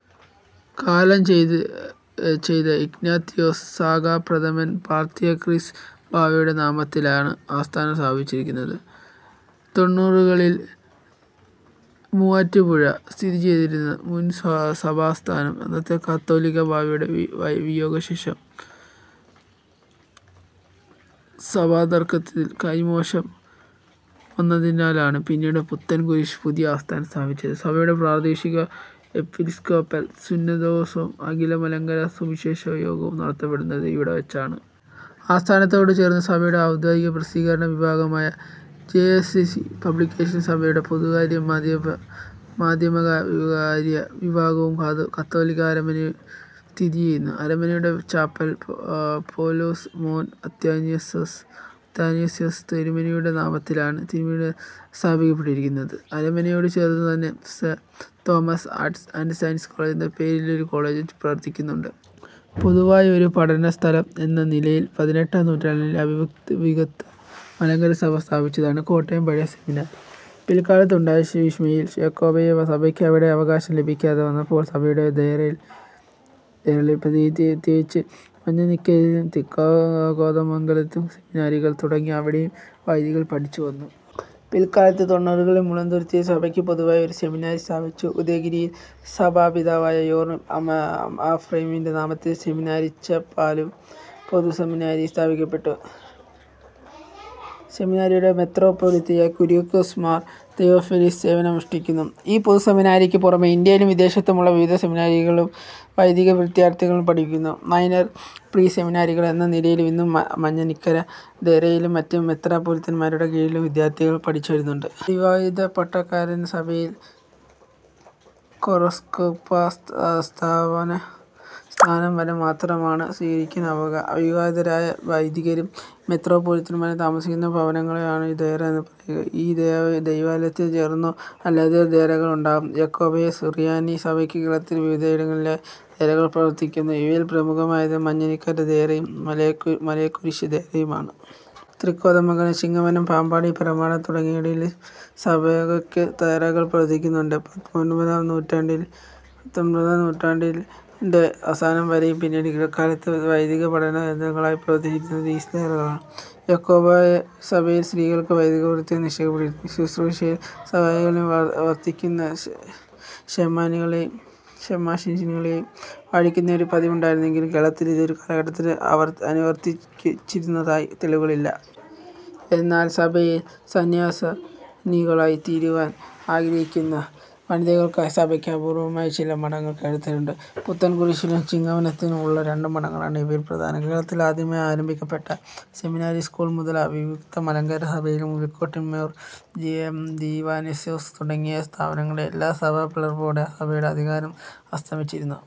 കാലം ചെയ്ത Ignatius Zakka പ്രഥമൻ പാത്രിയർക്കീസ് ബാവയുടെ നാമത്തിലാണ് ആസ്ഥാനം സ്ഥാപിച്ചിരിക്കുന്നത്. തൊണ്ണൂറുകളിൽ മുവാറ്റുപുഴ സ്ഥിതി ചെയ്തിരുന്ന മുൻ സഭാസ്ഥാനം അന്നത്തെ കാതോലിക്ക ബാവയുടെ വിയോഗശേഷം സഭാതർക്കത്തിൽ കൈമോശം വന്നതിനാലാണ് പിന്നീട് പുത്തൻകുരിശ് പുതിയ ആസ്ഥാനം സ്ഥാപിച്ചത്. സഭയുടെ പ്രാദേശിക എപ്പിസ്കോപ്പൽ സുന്നഹദോസും അഖില മലങ്കര സുവിശേഷ യോഗവും നടത്തപ്പെടുന്നത് ഇവിടെ വച്ചാണ്. ആസ്ഥാനത്തോട് ചേർന്ന് സഭയുടെ ഔദ്യോഗിക പ്രസിദ്ധീകരണ വിഭാഗമായ ജെ. എസ്. സി. പബ്ലിക്കേഷൻസും സഭയുടെ പൊതുകാര്യ-മാധ്യമകാര്യ വിഭാഗവും കാതോലിക്ക അരമനയും സ്ഥിതി ചെയ്യുന്നു. അരമനയുടെ ചാപ്പൽ പൌലോസ് മോർ അത്താനാസ്യോസ് തിരുമേനിയുടെ നാമത്തിലാണ് സ്ഥാപിക്കപ്പെട്ടിരിക്കുന്നത്. അരമനയോട് ചേർന്നുതന്നെ സെ. Thomas arts and science college എന്ന പേരിൽ ഒരു കോളജും പ്രവർത്തിക്കുന്നുണ്ട്. പൊതുവായ ഒരു പഠനസ്ഥലം എന്ന നിലയിൽ പതിനെട്ടാം നൂറ്റാണ്ടിലെ അവിഭക്ത മലങ്കര സഭ സ്ഥാപിച്ചതാണ് കോട്ടയം പഴയ സെമിനാരി. പിൽക്കാലത്തുണ്ടായ ശീശ്മയിൽ യാക്കോബായ സഭയ്ക്ക് അവിടെ അവകാശം ലഭിക്കാതെ വന്നപ്പോൾ സഭയുടെ ദയറകളിൽ പ്രത്യേകിച്ച് മഞ്ഞനിക്കരയിലും തൃക്കോതമംഗലത്തും സെമിനാരികൾ തുടങ്ങി അവിടേ വൈദികർ പഠിച്ച് വന്നു. പിൽക്കാലത്ത് തൊണ്ണുറുകളിൽ മുളന്തുരുത്തിയിൽ സഭയ്ക്ക് പൊതുവായി ഒരു സെമിനാരി സ്ഥാപിച്ചു. ഉദയഗിരിയിൽ സഭാപിതാവായ മോർ അഫ്രേമിന്റെ നാമത്തിൽ സെമിനാരിച്ചാപ്പലും പൊതുസെമിനാരിയും സ്ഥാപിക്കപ്പെട്ടു. സെമിനാരിയുടെ മെത്രാപ്പൊലീത്തയായി കുര്യാക്കോസ് മോർ തെയോഫിലോസ് സേവനമനുഷ്ഠിക്കുന്നു. ഈ പൊതു സെമിനാരിക്കു പുറമെ ഇന്ത്യയിലും വിദേശത്തുമുള്ള വിവിധ സെമിനാരികളിലും വൈദികവിദ്യാർത്ഥികൾ പഠിക്കുന്നു. മൈനർ/പ്രീ സെമിനാരികൾ എന്ന നിലയിൽ ഇന്നും മഞ്ഞനിക്കര ദയറയിലും മറ്റ് മെത്രാപ്പൊലീത്തന്മാരുടെ കീഴിലും വിദ്യാർത്ഥികൾ പഠിച്ചുവരുന്നുണ്ട്. ഒരു വിവാഹിത പട്ടക്കാരന് സഭയിൽ കോറെപ്പിസ്കോപ്പ സ്ഥാനം വരെ മാത്രമാണ് സ്വീകരിക്കുവാൻ ആവുക. അവിവാഹിതരായ വൈദികരും മെത്രാപ്പൊലീത്തമാരും താമസിക്കുന്ന ഭവനങ്ങളെയാണ് ദയറ എന്ന് പറയുക. ഒരു ദൈവാലയത്തോട് ചേർന്നോ അല്ലാതെയോ ദയറകൾ ഉണ്ടാവും. യാക്കോബായ സുറിയാനി സഭയ്ക്ക് കേരളത്തിൽ വിവിധയിടങ്ങളീലായി ദയറകൾ പ്രവർത്തിക്കുന്നു. ഇവയിൽ പ്രമുഖമായത് മഞ്ഞിനിക്കര ദയറയും മലേക്കുരിശ് ദയറയുമാണ്. തൃക്കോതമംഗലം, ചിങ്ങവനം, പാമ്പാടി, പിറമാടം തുടങ്ങിയിടങ്ങളിലും സഭയ്ക്ക് ദയറകൾ പ്രവർത്തിക്കുന്നുണ്ട്. പത്തൊന്മ്പതാം നൂറ്റാണ്ടിന്റെ അവസാനം വരെയും പിന്നീട് ഇടക്കാലത്തും വൈദികപഠന കേന്ദ്രങ്ങളായി പ്രവർത്തിച്ചിരുന്നത് ഈ ദയറകളാണ്. യാക്കോബായ സഭയിൽ സ്ത്രീകൾക്ക് വൈദികവൃത്തി നിഷേധിക്കപ്പെട്ടിട്ടുണ്ട്. ശുശ്രൂഷയിൽ സഹായികളായി വർത്തിക്കുന്ന ശെമ്മാശിനികളെ ശെമ്മാശിനികളെ വാഴിക്കുന്ന ഒരു പതിവുണ്ടായിരുന്നെങ്കിലും കേരളത്തിൽ ഇത് ഒരു കാലഘട്ടത്തിലും അനുവർത്തിച്ചിരുന്നതായി തെളിവുകളില്ല. എന്നാൽ സഭയിൽ സന്ന്യാസിനികളായിത്തീരുവാൻ ആഗ്രഹിക്കുന്ന വനിതകൾക്കായി സഭയ്ക്ക് അപൂർവ്വമായി ചില മഠങ്ങൾ കേരളത്തിലുണ്ട്. പുത്തൻകുരിശിലും ചിങ്ങവനത്തും ഉള്ള രണ്ട് മഠങ്ങളാണ് ഇവയിൽ പ്രധാനം. കേരളത്തിൽ ആദ്യമായി ആരംഭിക്കപ്പെട്ട സെമിനാരി സ്കൂൾ മുതൽ അവിഭക്ത മലങ്കര സഭയിൽ പുലിക്കോട്ടിൽ മോർ ദീവന്നാസ്യോസ് തുടങ്ങിയ സ്ഥാപനങ്ങളിൽ എല്ലാം സഭാ പിളർപ്പോടെ സഭയുടെ അധികാരം അസ്തമിച്ചിരുന്നു.